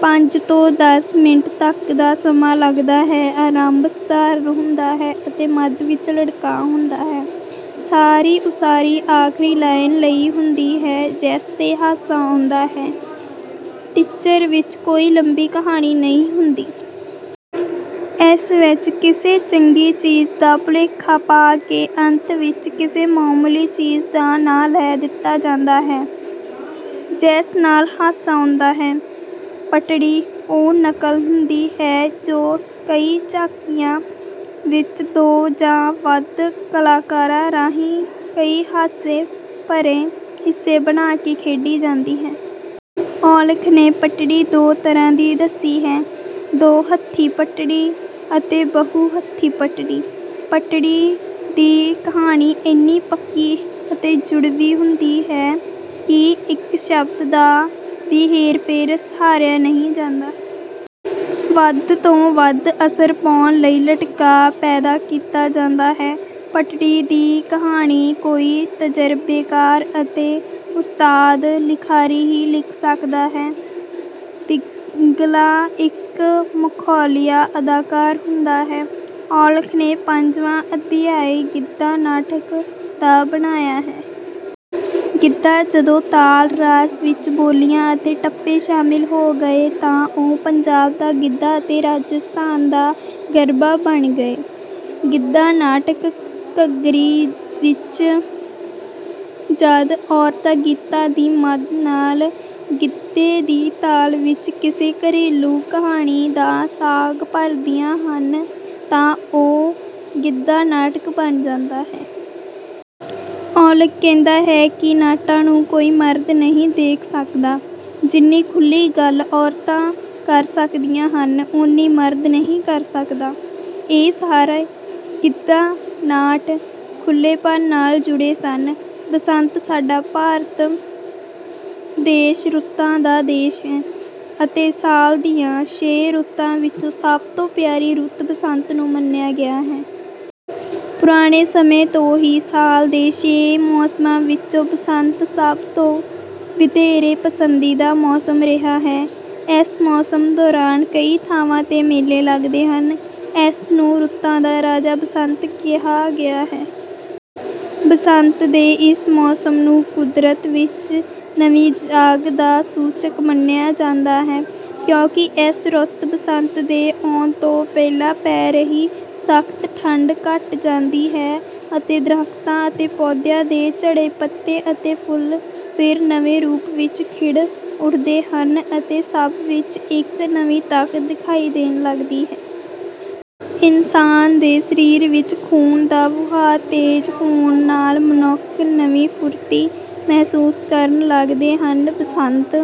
ਪੰਜ ਤੋਂ ਦੱਸ ਮਿੰਟ ਤੱਕ ਦਾ ਸਮਾਂ ਲੱਗਦਾ ਹੈ। ਆਰੰਭ ਸਾਧਾਰਨ ਹੁੰਦਾ ਹੈ ਅਤੇ ਮੱਧ ਵਿੱਚ ਲਟਕਾਅ ਹੁੰਦਾ ਹੈ। ਸਾਰੀ ਉਸਾਰੀ ਆਖਰੀ ਲਾਈਨ ਲਈ ਹੁੰਦੀ ਹੈ ਜਿਸ ਤੇ ਹਾਸਾ ਆਉਂਦਾ ਹੈ। ਟਿਚਰ ਵਿੱਚ ਕੋਈ ਲੰਮੀ ਕਹਾਣੀ ਨਹੀਂ ਹੁੰਦੀ। ਇਸ ਵਿੱਚ ਕਿਸੇ ਚੰਗੀ ਚੀਜ਼ ਦਾ ਭੁਲੇਖਾ ਪਾ ਕੇ ਅੰਤ ਵਿੱਚ ਕਿਸੇ ਮਾਮੂਲੀ ਚੀਜ਼ ਦਾ ਨਾਂ ਲੈ ਦਿੱਤਾ ਜਾਂਦਾ ਹੈ, ਜਿਸ ਨਾਲ ਹਾਸਾ ਆਉਂਦਾ ਹੈ। ਪਟੜੀ ਉਹ ਨਕਲ ਹੁੰਦੀ ਹੈ ਜੋ ਕਈ ਝਾਕੀਆਂ ਵਿੱਚ ਦੋ ਜਾਂ ਵੱਧ ਕਲਾਕਾਰਾਂ ਰਾਹੀਂ ਕਈ ਹਾਸੇ ਭਰੇ ਹਿੱਸੇ ਬਣਾ ਕੇ ਖੇਡੀ ਜਾਂਦੀ ਹੈ। ਔਲਖ ਨੇ ਪਟੜੀ ਦੋ ਤਰ੍ਹਾਂ ਦੀ ਦੱਸੀ ਹੈ। ਦੋ ਹੱਥੀ ਪਟੜੀ ਅਤੇ ਬਹੁ ਹੱਥੀ ਪਟੜੀ। ਪਟੜੀ ਦੀ ਕਹਾਣੀ ਇੰਨੀ ਪੱਕੀ ਅਤੇ ਜੁੜਵੀਂ ਹੁੰਦੀ ਹੈ ਕਿ ਇੱਕ ਸ਼ਬਦ ਦਾ ਵੀ ਹੇਰ-ਫੇਰ ਸਹਾਰਿਆ ਨਹੀਂ ਜਾਂਦਾ। ਵੱਧ ਤੋਂ ਵੱਧ ਅਸਰ ਪਾਉਣ ਲਈ ਲਟਕਾਅ ਪੈਦਾ ਕੀਤਾ ਜਾਂਦਾ ਹੈ। ਪਟੜੀ ਦੀ ਕਹਾਣੀ ਕੋਈ ਤਜਰਬੇਕਾਰ ਅਤੇ ਉਸਤਾਦ ਲਿਖਾਰੀ ਹੀ ਲਿਖ ਸਕਦਾ ਹੈ। ਬਿਗਲਾ ਇੱਕ ਮਖੌਲੀਆ ਅਦਾਕਾਰ ਹੁੰਦਾ ਹੈ। ਔਲਖ ਨੇ ਪੰਜਵਾਂ ਅਧਿਆਇ ਗਿੱਧਾ ਨਾਟਕ ਦਾ ਬਣਾਇਆ ਹੈ। ਗਿੱਧਾ ਜਦੋਂ ਤਾਲ ਰਾਸ ਵਿੱਚ ਬੋਲੀਆਂ ਅਤੇ ਟੱਪੇ ਸ਼ਾਮਲ ਹੋ ਗਏ ਤਾਂ ਉਹ ਪੰਜਾਬ ਦਾ ਗਿੱਧਾ ਅਤੇ ਰਾਜਸਥਾਨ ਦਾ ਗਰਭਾ ਬਣ ਗਏ। ਗਿੱਧਾ ਨਾਟਕ ਘੱਗਰੀ ਵਿੱਚ ਜਦ ਔਰਤਾਂ ਗੀਤਾਂ ਦੀ ਮਦ ਨਾਲ ਗਿੱਧੇ ਦੀ ਤਾਲ ਵਿੱਚ ਕਿਸੇ ਘਰੇਲੂ ਕਹਾਣੀ ਦਾ ਸਾਂਗ ਭਰਦੀਆਂ ਹਨ ਤਾਂ ਉਹ ਗਿੱਧਾ ਨਾਟਕ ਬਣ ਜਾਂਦਾ ਹੈ। ਔਲਖ ਕਹਿੰਦਾ ਹੈ ਕਿ ਨਾਟਾਂ ਨੂੰ ਕੋਈ ਮਰਦ ਨਹੀਂ ਦੇਖ ਸਕਦਾ। ਜਿੰਨੀ ਖੁੱਲ੍ਹੀ ਗੱਲ ਔਰਤਾਂ ਕਰ ਸਕਦੀਆਂ ਹਨ, ਓਨੀ ਮਰਦ ਨਹੀਂ ਕਰ ਸਕਦਾ। ਇਹ ਸਾਰੇ ਗਿੱਧਾ ਨਾਟ ਖੁੱਲ੍ਹੇਪਨ ਨਾਲ ਜੁੜੇ ਸਨ। ਬਸੰਤ ਸਾਡਾ ਭਾਰਤ ਦੇਸ਼ ਰੁੱਤਾਂ ਦਾ ਦੇਸ਼ ਹੈ ਅਤੇ ਸਾਲ ਦੀਆਂ ਛੇ ਰੁੱਤਾਂ ਵਿੱਚੋਂ ਸਭ ਤੋਂ ਪਿਆਰੀ ਰੁੱਤ ਬਸੰਤ ਨੂੰ ਮੰਨਿਆ ਗਿਆ ਹੈ। ਪੁਰਾਣੇ ਸਮੇਂ ਤੋਂ ਹੀ ਸਾਲ ਦੇ ਛੇ ਮੌਸਮਾਂ ਵਿੱਚੋਂ ਬਸੰਤ ਸਭ ਤੋਂ ਵਧੇਰੇ ਪਸੰਦੀਦਾ ਮੌਸਮ ਰਿਹਾ ਹੈ। ਇਸ ਮੌਸਮ ਦੌਰਾਨ ਕਈ ਥਾਵਾਂ ਤੇ ਮੇਲੇ ਲੱਗਦੇ ਹਨ। ਇਸ ਨੂੰ ਰੁੱਤਾਂ ਦਾ ਰਾਜਾ ਬਸੰਤ ਕਿਹਾ ਗਿਆ ਹੈ। ਬਸੰਤ ਦੇ ਇਸ ਮੌਸਮ ਨੂੰ ਕੁਦਰਤ ਵਿੱਚ ਨਵੀਂ ਜਾਗ ਦਾ ਸੂਚਕ ਮੰਨਿਆ ਜਾਂਦਾ ਹੈ ਕਿਉਂਕਿ ਇਸ ਰੁੱਤ ਬਸੰਤ ਦੇ ਆਉਣ ਤੋਂ ਪਹਿਲਾਂ ਪੈ ਰਹੀ ਸਖ਼ਤ ਠੰਢ ਘੱਟ ਜਾਂਦੀ ਹੈ ਅਤੇ ਦਰੱਖਤਾਂ ਅਤੇ ਪੌਦਿਆਂ ਦੇ ਝੜੇ ਪੱਤੇ ਅਤੇ ਫੁੱਲ ਫਿਰ ਨਵੇਂ ਰੂਪ ਵਿੱਚ ਖਿੜ ਉੱਠਦੇ ਹਨ ਅਤੇ ਸਭ ਵਿੱਚ ਇੱਕ ਨਵੀਂ ਤਾਕਤ ਦਿਖਾਈ ਦੇਣ ਲੱਗਦੀ ਹੈ। ਇਨਸਾਨ ਦੇ ਸਰੀਰ ਵਿੱਚ ਖੂਨ ਦਾ ਵਹਾਅ ਤੇਜ਼ ਹੋਣ ਨਾਲ ਮਨੁੱਖ ਨਵੀਂ ਫੁਰਤੀ ਮਹਿਸੂਸ ਕਰਨ ਲੱਗਦੇ ਹਨ। ਬਸੰਤ